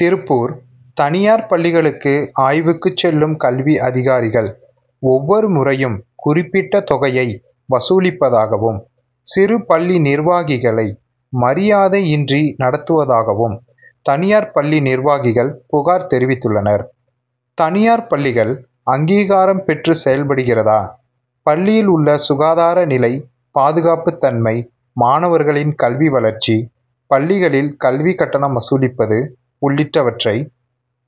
திருப்பூர் தனியார் பள்ளிகளுக்கு ஆய்வுக்குச் செல்லும் கல்வி அதிகாரிகள் ஒவ்வொரு முறையும் குறிப்பிட்ட தொகையை வசூலிப் பதாகவும், சிறு பள்ளி நிர்வாகிகளை மரியாதையின்றி நடத்துவதாகவும் தனியார் பள்ளி நிர்வாகிகள் புகார் தெரிவித்துள்ளனர். தனியார் பள்ளிகள் அங்கீகாரம் பெற்று செயல்படுகிறதா, பள்ளியில் உள்ள சுகாதார நிலை, பாதுகாப்பு தன்மை, மாணவர்களின் கல்வி வளர்ச்சி, பள்ளிகளில் கல்வி கட்டணம் வசூலிப்பது உள்ளிட்டவற்றை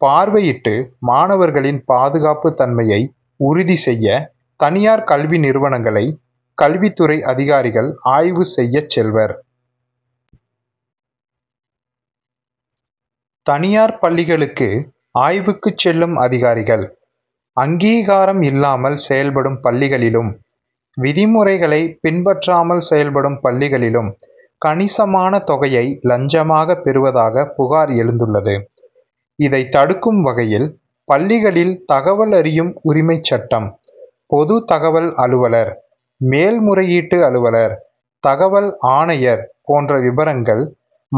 பார் வையிட்டு மாணவர்களின் பாதுகாப்பு தன்மையை உறுதி செய்ய, தனியார் கல்வி நிறுவனங்களை கல்வித்துறை அதிகாரிகள் ஆய்வு செய்யச் செல்வர். தனியார் பள்ளிகளுக்கு ஆய்வுக்குச் செல்லும் அதிகாரிகள், அங்கீகாரம் இல்லாமல் செயல்படும் பள்ளிகளிலும், விதிமுறைகளை பின் பற்றாமல் செயல்படும் பள்ளிகளிலும் கணிசமான தொகையை லஞ்சமாக பெறுவதாக புகார் எழுந்துள்ளது. இதை தடுக்கும் வகையில், பள்ளிகளில் தகவல் அறியும் உரிமை சட்டம், பொது தகவல் அலுவலர், மேல்முறையீட்டு அலுவலர், தகவல் ஆணையர் போன்ற விபரங்கள்;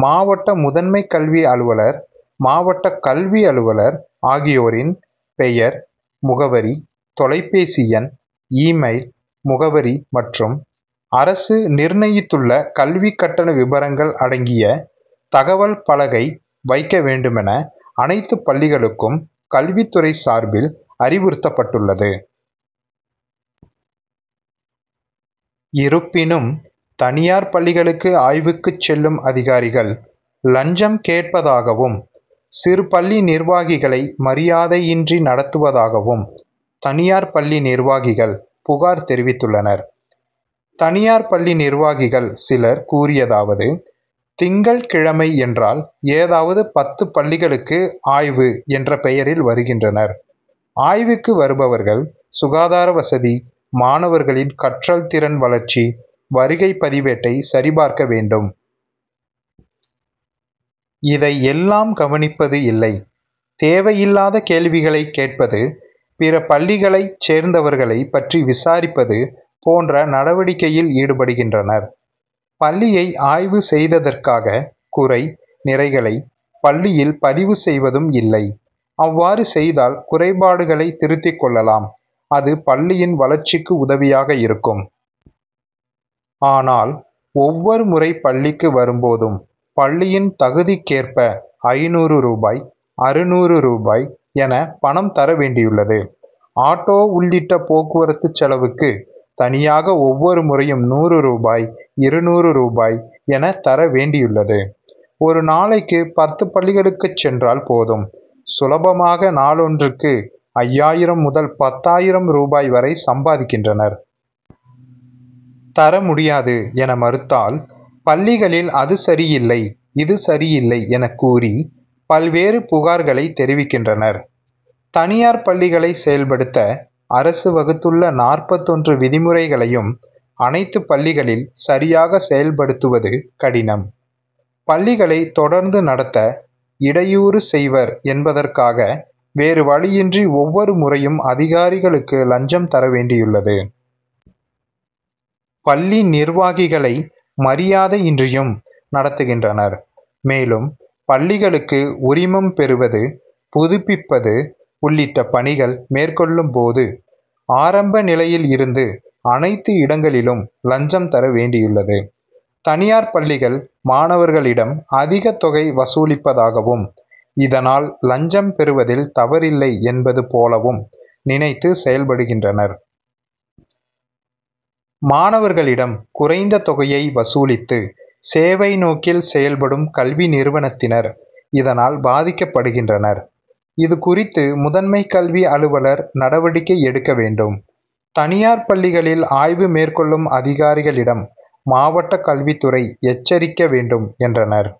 மாவட்ட முதன்மை கல்வி அலுவலர், மாவட்ட கல்வி அலுவலர் ஆகியோரின் பெயர், முகவரி, தொலைபேசி எண், இ-மெயில் முகவரி மற்றும் அரசு நிர்ணயித்துள்ள கல்வி கட்டண விபரங்கள் அடங்கிய தகவல் பலகை வைக்க வேண்டுமென அனைத்து பள்ளிகளுக்கும் கல்வித் துறை சார்பில் அறிவுறுத்தப்பட்டுள்ளது. இருப்பினும், தனியார் பள்ளிகளுக்கு ஆய்வுக்குச் செல்லும் அதிகாரிகள் லஞ்சம் கேட்பதாகவும், சிறு பள்ளி நிர்வாகிகளை மரியாதையின்றி நடத்துவதாகவும் தனியார் பள்ளி நிர்வாகிகள் புகார் தெரிவித்துள்ளனர். தனியார் பள்ளி நிர்வாகிகள் சிலர் கூறியதாவது: திங்கள்கிழமை என்றால், ஏதாவது பத்து பள்ளிகளுக்கு ஆய்வு என்ற பெயரில் வருகின்றனர். ஆய்வுக்கு வருபவர்கள், சுகாதார வசதி, மாணவர்களின் கற்றல் திறன் வளர்ச்சி, வருகை பதிவேட்டை சரிபார்க்க வேண்டும். இதை எல்லாம் கவனிப்பது இல்லை. தேவையில்லாத கேள்விகளை கேட்பது, பிற பள்ளிகளை சேர்ந்தவர்களை பற்றி விசாரிப்பது போன்ற நடவடிக்கையில் ஈடுபடுகின்றனர். பள்ளியை ஆய்வு செய்ததற்காக குறை, நிறைகளை பள்ளியில் பதிவு செய்வதும் இல்லை. அவ்வாறு செய் தால், குறைபாடுகளை திருத்திக் கொள் ளலாம். அது, பள்ளியின் வளர்ச்சிக்கு உதவியாக இருக்கும். ஆனால், ஒவ்வொரு முறை பள்ளிக்கு வரும்போதும், பள்ளியின் தகுதிக் கேற்ப ஐந்நூறு ரூபாய், அறுநூறு ரூபாய் என பணம் தர வேண்டியுள்ளது. ஆட்டோ உள்ளிட்ட போக்குவரத்து செலவுக்கு தனியாக ஒவ்வொரு முறையும் நூறு ரூபாய், இருநூறு ரூபாய் என தர வேண்டியுள்ளது. ஒரு நாளைக்கு பத்து பள்ளிகளுக்குச் சென்றால் போதும்; சுலபமாக நாளொன்றுக்கு ஐயாயிரம் முதல் பத்தாயிரம் ரூபாய் வரை சம்பாதிக் கின்றனர். தர முடியாது என மறுத்தால், பள்ளிகளில் அது சரியில்லை, இது சரியில்லை என கூறி, பல்வேறு புகார் களை தெரிவிக்கின்றனர். தனியார் பள்ளிகளை செயல்படுத்த, அரசு வகுத்துள்ள நாற்பத்தொன்று விதிமுறைகளையும் அனைத்து பள்ளிகளில் சரியாக செயல்படுத்துவது கடினம். பள்ளிகளை தொடர்ந்து நடத்த இடையூறு செய்வர் என்பதற்காக, வேறு வழியின்றி ஒவ்வொரு முறையும் அதிகாரிகளுக்கு லஞ்சம் தர வேண்டியுள்ளது. பள்ளி நிர்வாகிகளை மரியாதையின்றியும் நடத்துகின்றனர். மேலும், பள்ளிகளுக்கு உரிமம் பெறுவது, புதுப்பிப்பது உள்ளிட்ட பணிகள் மேற்கொள்ளும்போது, ஆரம்ப நிலையில் இருந்து அனைத்து இடங்களிலும் லஞ்சம் தர வேண்டியுள்ளது. தனியார் பள்ளிகள் மாணவர்களிடம் அதிக தொகை வசூலிப்பதாகவும், இதனால் லஞ்சம் பெறுவதில் தவறில்லை என்பது போலவும் நினைத்து செயல்படுகின்றனர். மாணவர்களிடம் குறைந்த தொகையை வசூலித்து, சேவை நோக்கில் செயல்படும் கல்வி நிறுவனத்தினர் இதனால் பாதிக்கப் படுகின்றனர். இதுகுறித்து முதன்மை கல்வி அலுவலர் நடவடிக்கை எடுக்க வேண்டும். தனியார் பள்ளிகளில் ஆய்வு மேற்கொள்ளும் அதிகாரிகளிடம் மாவட்ட கல்வித்துறை எச்சரிக்க வேண்டும், என்றனர்.